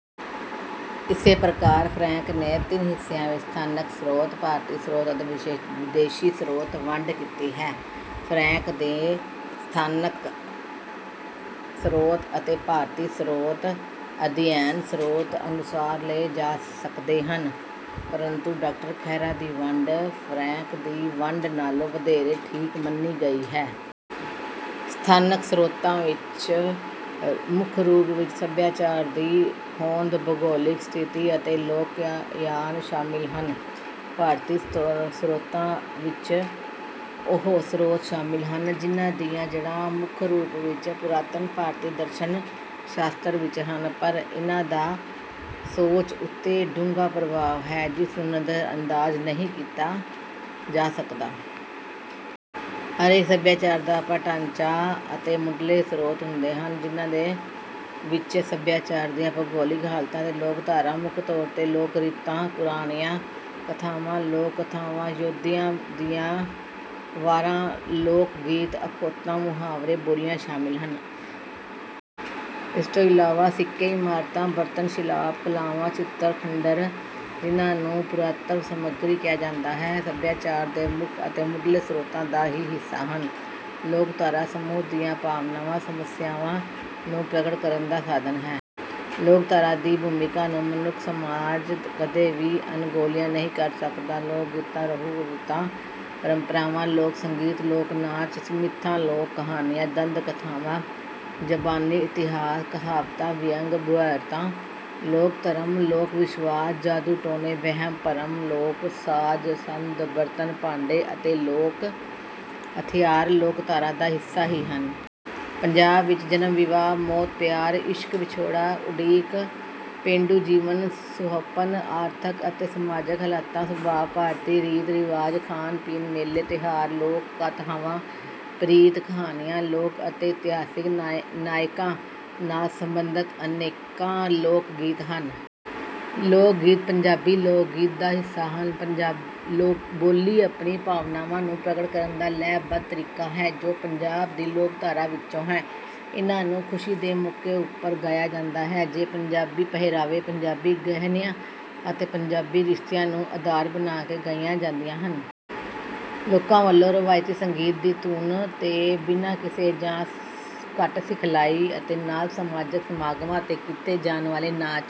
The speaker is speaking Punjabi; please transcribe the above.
ਇਸੇ ਪ੍ਰਕਾਰ ਫਰੈਂਕ ਨੇ ਵੀ ਤਿੰਨ ਹਿੱਸਿਆਂ ਵਿੱਚ ਸਥਾਨਕ ਸਰੋਤ ਭਾਰਤੀ ਸਰੋਤ ਅਤੇ ਵਿਦੇਸ਼ੀ ਸਰੋਤ ਵੰਡ ਕੀਤੀ ਹੈ। ਫਰੈਂਕ ਦੇ ਸਥਾਨਕ ਸਰੋਤ ਅਤੇ ਭਾਰਤੀ ਸਰੋਤ ਅਧਿਐਨ ਸਰੋਤ ਅਨੁਸਾਰ ਲਏ ਜਾ ਸਕਦੇ ਹਨ ਪਰੰਤੂ ਡਾ ਖਹਿਰਾ ਦੀ ਵੰਡ ਫਰੈਂਕ ਦੀ ਵੰਡ ਨਾਲੋਂ ਵਧੇਰੇ ਠੀਕ ਮੰਨੀ ਗਈ ਹੈ। ਸਥਾਨਕ ਸਰੋਤਾਂ ਵਿਚ ਮੁੱਖ ਰੂਪ ਵਿਚ ਸੱਭਿਆਚਾਰ ਦੀ ਹੋਂਦ ਭੂਗੋਲਿਕ ਸਥਿਤੀ ਅਤੇ ਲੋਕਾਯਾਨ ਸ਼ਾਮਿਲ ਹਨ ਅਤੇ ਭਾਰਤੀ ਸਰੋਤਾਂ ਵਿਚ ਉਹ ਸਰੋਤ ਸ਼ਾਮਿਲ ਹਨ ਜਿਨ੍ਹਾਂ ਦੀਆਂ ਜੜ੍ਹਾਂ ਮੁੱਖ ਰੂਪ ਵਿਚ ਪੁਰਾਤਨ ਭਾਰਤੀ ਦਰਸ਼ਨ ਸ਼ਾਸਤਰ ਵਿਚ ਹਨ ਪਰ ਇਨ੍ਹਾਂ ਦਾ ਸੋਚ ਉਤੇ ਡੂੰਘਾ ਪ੍ਰਭਾਵ ਹੈ ਜਿਸ ਨੂੰ ਨਜ਼ਰਅੰਦਾਜ਼ ਨਹੀਂ ਕੀਤਾ ਜਾ ਸਕਦਾ। ਹਰੇਕ ਸੱਭਿਆਚਾਰ ਦਾ ਆਪਣਾ ਢਾਂਚਾ ਅਤੇ ਮੁੱਢਲੇ ਸਰੋਤ ਹੁੰਦੇ ਹਨ ਜਿਨ੍ਹਾਂ ਵਿੱਚ ਸੱਭਿਆਚਾਰ ਦੀਆਂ ਭੂਗੋਲਿਕ ਹਾਲਤਾਂ ਅਤੇ ਲੋਕਧਾਰਾ ਮੁੱਖ ਤੌਰ ਤੇ ਲੋਕ ਰੀਤਾਂ ਪੌਰਾਣਿਕ ਕਥਾਵਾਂ ਲੋਕ ਕਥਾਵਾਂ ਯੋਧਿਆਂ ਦੀਆਂ ਵਾਰਾਂ ਲੋਕ ਗੀਤ ਅਖੌਤਾਂ ਮੁਹਾਵਰੇ ਬੋਲੀਆਂ ਸ਼ਾਮਿਲ ਹਨ। ਇਸ ਤੋਂ ਇਲਾਵਾ ਸਿੱਕੇ ਇਮਾਰਤਾਂ ਬਰਤਨ ਸ਼ਿਲਪ ਕਲਾਵਾਂ ਚਿੱਤਰ ਖੰਡਰ ਜਿਨ੍ਹਾਂ ਨੂੰ ਪੁਰਾਤੱਤਵ ਸਮੱਗਰੀ ਕਿਹਾ ਜਾਂਦਾ ਹੈ ਸੱਭਿਆਚਾਰ ਦੇ ਮੁੱਖ ਅਤੇ ਮੁੱਢਲੇ ਸਰੋਤਾਂ ਦਾ ਹੀ ਹਿੱਸਾ ਹਨ। ਲੋਕਧਾਰਾ ਸਮੂਹ ਦੀਆਂ ਭਾਵਨਾਵਾਂ ਸਮੱਸਿਆਵਾਂ ਨੂੰ ਪ੍ਰਗਟ ਕਰਨ ਦਾ ਸਾਧਨ ਹੈ। ਲੋਕਧਾਰਾ ਦੀ ਭੂਮਿਕਾ ਨੂੰ ਮਨੁੱਖੀ ਸਮਾਜ ਕਦੇ ਵੀ ਅਣਗੌਲਿਆ ਨਹੀਂ ਕਰ ਸਕਦਾ। ਲੋਕ ਰੀਤਾਂ ਰਹੁ ਰੀਤਾਂ ਪਰੰਪਰਾਵਾਂ ਲੋਕ ਸੰਗੀਤ ਲੋਕ ਨਾਚ ਮਿਥਾਂ ਲੋਕ ਕਹਾਣੀਆਂ ਦੰਦ ਕਥਾਵਾਂ ਜ਼ਬਾਨੀ ਇਤਿਹਾਸ ਕਹਾਵਤਾਂ ਵਿਅੰਗ ਬੁਝਾਰਤਾਂ ਲੋਕ ਧਰਮ ਲੋਕ ਵਿਸ਼ਵਾਸ ਜਾਦੂ ਟੂਣੇ ਵਹਿਮ ਭਰਮ ਲੋਕ ਸਾਜ ਸੰਦ ਬਰਤਨ ਭਾਂਡੇ ਅਤੇ ਲੋਕ ਹਥਿਆਰ ਲੋਕਧਾਰਾ ਦਾ ਹੀ ਹਿੱਸਾ ਹਨ। ਪੰਜਾਬ ਵਿਚ ਜਨਮ ਵਿਆਹ ਮੌਤ ਪਿਆਰ ਇਸ਼ਕ ਵਿਛੋੜਾ ਉਡੀਕ ਪੇਂਡੂ ਜੀਵਨ ਸੁਹੱਪਣ ਆਰਥਕ ਅਤੇ ਸਮਾਜਕ ਹਾਲਤਾਂ ਸੁਭਾਅ ਬਹਾਦਰੀ ਰੀਤ ਰਿਵਾਜ ਖਾਣ ਪੀਣ ਮੇਲੇ ਤਿਉਹਾਰ ਲੋਕ ਗਾਥਾਵਾਂ ਪ੍ਰੀਤ ਕਹਾਣੀਆਂ ਲੋਕ ਅਤੇ ਇਤਿਹਾਸਕ ਨਾਇਕਾਂ ਨਾਲ ਸਬੰਧਤ ਅਨੇਕਾਂ ਲੋਕ ਗੀਤ ਹਨ। ਲੋਕ ਗੀਤ ਪੰਜਾਬੀ ਲੋਕ ਸੰਗੀਤ ਦਾ ਹੀ ਹਿੱਸਾ ਹਨ। ਬੋਲੀ ਆਪਣੀ ਭਾਵਨਾ ਨੂੰ ਪ੍ਰਗਟ ਕਰਨ ਦਾ ਲੈਅ ਬੱਧ ਤਰੀਕਾ ਹੈ ਜੋ ਪੰਜਾਬ ਦੀ ਲੋਕਧਾਰਾ ਵਿਚੋਂ ਹੈ। ਇਹਨਾਂ ਨੂੰ ਖੁਸ਼ੀ ਦੇ ਮੌਕੇ ਉੱਪਰ ਗਾਇਆ ਜਾਂਦਾ ਹੈ ਜੋ ਪੰਜਾਬੀ ਪਹਿਰਾਵੇ ਪੰਜਾਬੀ ਗਹਿਣਿਆਂ ਅਤੇ ਪੰਜਾਬੀ ਰਿਸ਼ਤਿਆਂ ਨੂੰ ਅਧਾਰ ਬਣਾ ਕੇ ਗਾਈਆਂ ਜਾਂਦੀਆਂ ਹਨ। ਲੋਕਾਂ ਵੱਲੋਂ ਰਵਾਇਤੀ ਸੰਗੀਤ ਦੀ ਧੁਨ ਤੇ ਬਿਨਾਂ ਕਿਸੇ ਜਾਂ ਘੱਟ ਸਿਖਲਾਈ ਅਤੇ ਨਾਲ ਸਮਾਜਿਕ ਸਮਾਗਮਾਂ ਤੇ ਕੀਤੇ ਜਾਣ ਵਾਲੇ ਨਾਚ